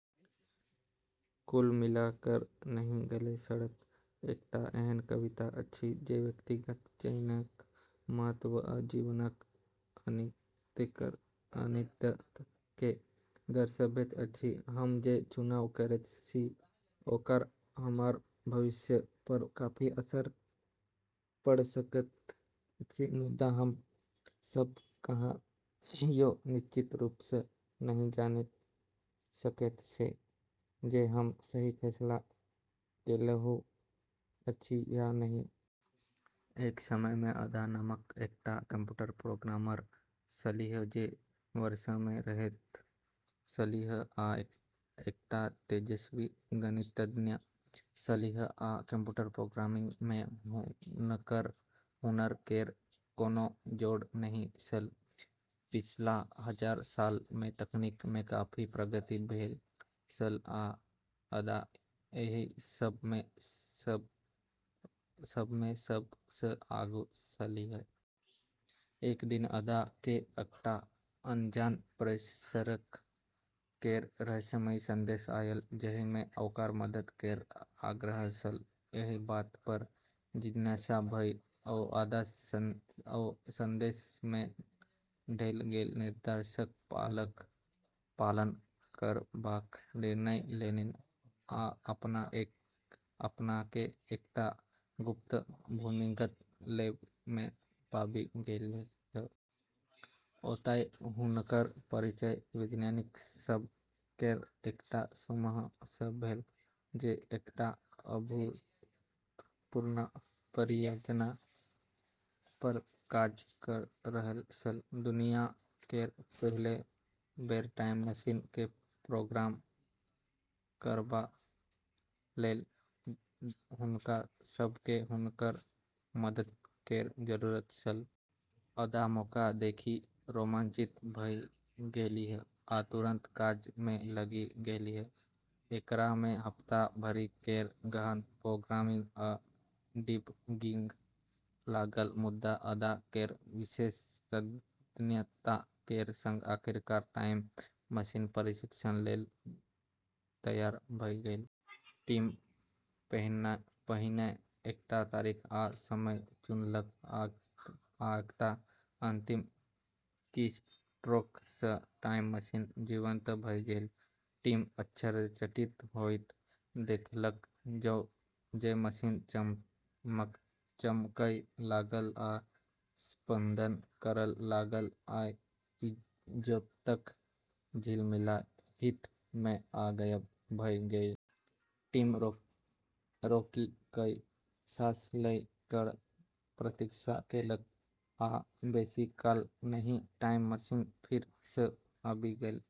कुल मिला कऽ "नहि गेल सड़क" एकटा एहन कविता अछि जे व्यक्तिगत चयनक महत्व आ जीवनक अनित्यता केँ दर्शाबैत अछि। हम जे चुनाव करैत छी ओकर हमर भविष्य पर काफी असर पड़ि सकैत अछि, मुदा हम सभ कहियो निश्चित रूप सँ नहि जानि सकैत छी जे हम सही फैसला केलहुँ अछि या नहि। एक समय मे अदा नामक एकटा कंप्यूटर प्रोग्रामर छलीह, जे वर्ष मे रहैत छलीह, ओ एकटा तेजस्वी गणितज्ञ छलीह आ कंप्यूटर प्रोग्रामिंग मे हुनकर हुनर केर कोनो जोड़ नहि छल। पिछला हजार साल मे तकनीक मे काफी प्रगति भेल छल, आ अदा एहि सभ मे सब सँ आगू छलीह। एक दिन अदा केँ एकटा अनजान प्रेषक केर रहस्यमयी संदेश आयल, जाहि मे ओकर मदद केर आग्रह छल। एहि बात पर जिज्ञासा भऽ ओ संदेश मे देल गेल निर्देशक पालन करबाक निर्णय लेलनि आ अपना केँ एकटा गुप्त भूमिगत लैब मे पाबि गेलीह। ओतय हुनकर परिचय वैज्ञानिक सभ केर एकटा समूह सँ भेल जे एकटा अभूतपूर्व परियोजना पर काज कऽ रहल छल। दुनिया केर पहिल बेर टाइम मशीन केँ प्रोग्राम करबा लेल हुनका सभ केँ हुनकर मदद केर जरूरत छल। अदा मौका देखि रोमांचित भऽ गेलीह आ तुरंत काज मे लागि गेलीह। एकरा मे हप्ता भरि केर गहन प्रोग्रामिंग आ डिबगिंग लागल, मुदा अदा केर विशेषज्ञता केर संग आखिरकार टाइम मशीन परीक्षण लेल तैयार भऽ गेल। टीम पहिने एकटा तारीख आ समय चुनलक, आ एकटा अंतिम कीस्ट्रोक सँ टाइम मशीन जीवंत भऽ गेल। टीम आश्चर्यचकित होइत देखलक जे मशीन चमकय लागल आ स्पंदन करय लागल आ इजोतक झिलमिलाहट मे ओ गायब भऽ गेल। टीम रोकि कऽ साँस लऽ कऽ प्रतीक्षा केलक, आ बेसी काल नहि, टाइम मशीन फेर सँ आबि गेल।